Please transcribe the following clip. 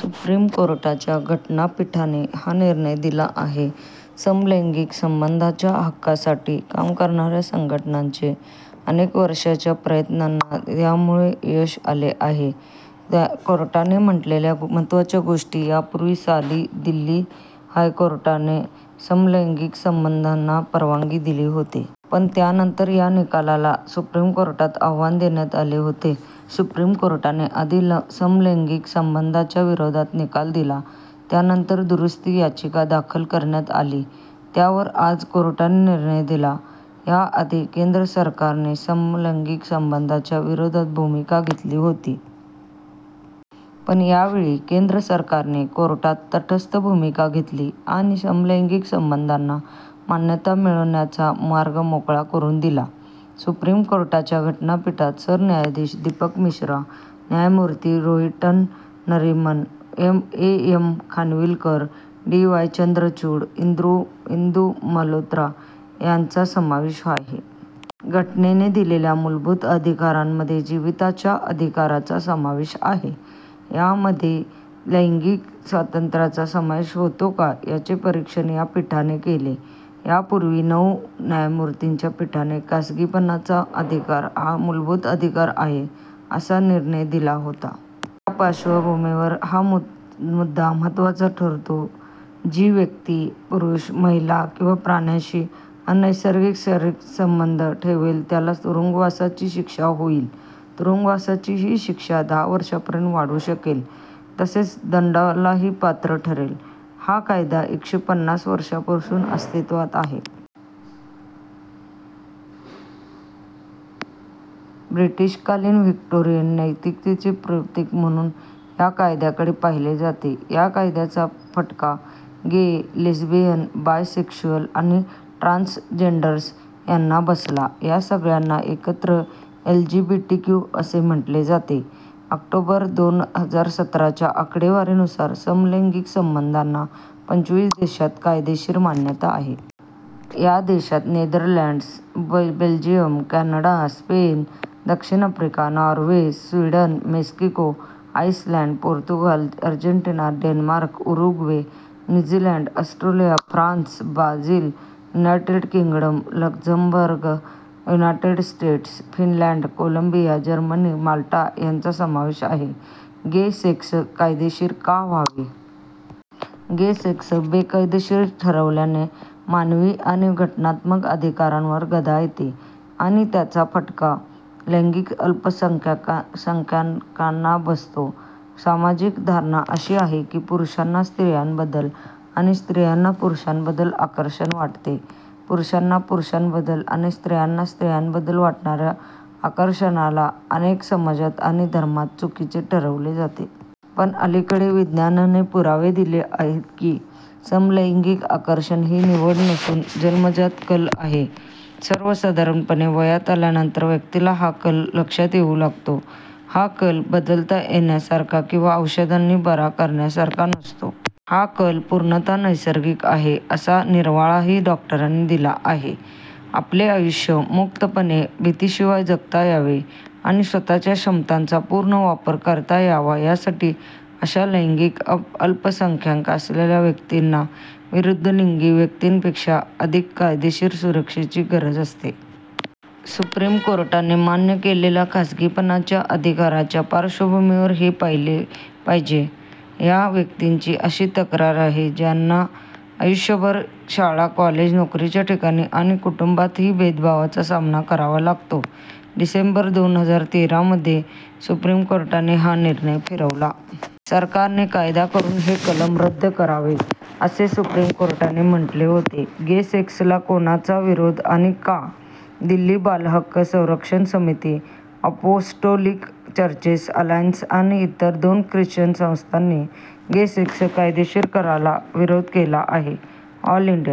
Supreme कोर्टाच्या घटनापीठाने हा निर्णय दिला आहे. समलैंगिक संबंधांच्या हक्कासाठी काम करणाऱ्या संघटनांचे अनेक वर्षांच्या प्रयत्नांना त्यामुळे यश आले आहे. कोर्टाने म्हटलेल्या महत्त्वाच्या गोष्टी: यापूर्वी साली दिल्ली हायकोर्टाने समलैंगिक संबंधांना परवानगी दिली होती. पण त्यानंतर या निकालाला सुप्रीम कोर्टात आव्हान देण्यात आले होते. सुप्रीम कोर्टाने आधी समलैंगिक संबंधांच्या विरोधात निकाल दिला. त्यानंतर दुरुस्ती याचिका दाखल करण्यात आली. त्यावर आज कोर्टाने निर्णय दिला. याआधी केंद्र सरकारने समलैंगिक संबंधांच्या विरोधात भूमिका घेतली होती. पण यावेळी केंद्र सरकारने कोर्टात तटस्थ भूमिका घेतली आणि समलैंगिक संबंधांना मान्यता मिळण्याचा मार्ग मोकळा करून दिला. सुप्रीम कोर्टाच्या घटनापीठात सरन्यायाधीश दीपक मिश्रा, न्यायमूर्ती Rohinton Nariman, A. M. Khanwilkar, D. Y. Chandrachud, Indu Malhotra यांचा समावेश आहे. घटनेने दिलेल्या मूलभूत अधिकारांमध्ये जीविताच्या अधिकाराचा समावेश आहे. त्यामध्ये लैंगिक स्वातंत्र्याचा समावेश होतो का याचे परीक्षण या पीठाने केले. यापूर्वी नऊ न्यायमूर्तींच्या पीठाने खासगीपणाचा अधिकार हा मूलभूत अधिकार आहे, असा निर्णय दिला होता. त्या पार्श्वभूमीवर हा मुद्दा महत्त्वाचा ठरतो. जी व्यक्ती पुरुष, महिला किंवा प्राण्याशी अनैसर्गिक शरीरसंबंध ठेवेल त्याला तुरुंगवासाची शिक्षा होईल. तुरुंगवासाची ही शिक्षा दहा वर्षांपर्यंत वाढू शकेल, तसेच दंडालाही पात्र ठरेल. हा कायदा एकशे पन्नास वर्षांपासून अस्तित्वात आहे. ब्रिटिशकालीन व्हिक्टोरियन नैतिकतेचे प्रतीक म्हणून या कायद्याकडे पाहिले जाते. या कायद्याचा फटका गे, लेस्बियन, बायसेक्शुअल आणि ट्रान्सजेंडर्स यांना बसला. या सगळ्यांना एकत्र एलजीबीटीक्यू असे म्हटले जाते. ऑक्टोबर दोन हजार सत्राच्या आकडेवारीनुसार समलैंगिक संबंधांना पंचवीस देशांत कायदेशीर मान्यता आहे. या देशांत नेदरलँड्स, बेल्जियम, कॅनडा, स्पेन, दक्षिण Africa, Norway, Sweden, Mexico, Iceland, Portugal, Argentina, Denmark, Uruguay, New Zealand, Australia, France, Brazil, United Kingdom, Luxembourg, United States, Finland, Colombia, Germany, Malta यांचा समावेश आहे. गे सेक्स कायदेशीर का व्हावे? गे सेक्स बेकायदेशीर ठरवल्याने मानवी आणि घटनात्मक अधिकारांवर गदा येते आणि त्याचा फटका लैंगिक अल्पसंख्याकांना बसतो. सामाजिक धारणा अशी आहे की पुरुषांना स्त्रियांबद्दल आणि स्त्रियांना पुरुषांबद्दल आकर्षण वाटते. पुरुषांना पुरुषांबद्दल आणि स्त्रियांना स्त्रियांबद्दल वाटणाऱ्या आकर्षणाला अनेक समाजांत आणि धर्मांत चुकीचे ठरवले जाते. पण अलीकडे विज्ञानाने पुरावे दिले आहेत की समलैंगिक आकर्षण ही निवड नसून जन्मजात कल आहे. सर्वसाधारणपणे वयात आल्यानंतर व्यक्तीला हा कल लक्षात येऊ लागतो. हा कल बदलता येण्यासारखा किंवा औषधांनी 'बरा' करण्यासारखा नसतो. हा कल पूर्णतः नैसर्गिक आहे, असा निर्वाळाही डॉक्टरांनी दिला आहे. आपले आयुष्य मुक्तपणे, भीतीशिवाय जगता यावे आणि स्वतःच्या क्षमतांचा पूर्ण वापर करता यावा यासाठी अशा लैंगिक अल्पसंख्याक असलेल्या व्यक्तींना विरुद्धलिंगी व्यक्तींपेक्षा अधिक कायदेशीर सुरक्षेची गरज असते. सुप्रीम कोर्टाने मान्य केलेल्या खासगीपणाच्या अधिकाराच्या पार्श्वभूमीवर हे पाहिले पाहिजे. या व्यक्तींची अशी तक्रार आहे त्यांना आयुष्यभर शाळा, कॉलेज, नोकरीच्या ठिकाणी आणि कुटुंबातही भेदभावाचा सामना करावा लागतो. डिसेंबर दोन हजार तेरामध्ये सुप्रीम कोर्टाने हा निर्णय फिरवला. सरकारने कायदा करून हे कलम रद्द करावे, असे सुप्रीम कोर्टाने म्हटले होते. गे-सेक्सला कोणाचा विरोध आणि का? दिल्ली बालहक्क संरक्षण समिती, अपोस्टोलिक चर्चेस अलायन्स आणि इतर दोन ख्रिश्चन संस्थांनी गे सेक्स कायदेशीर करायला विरोध केला आहे. All India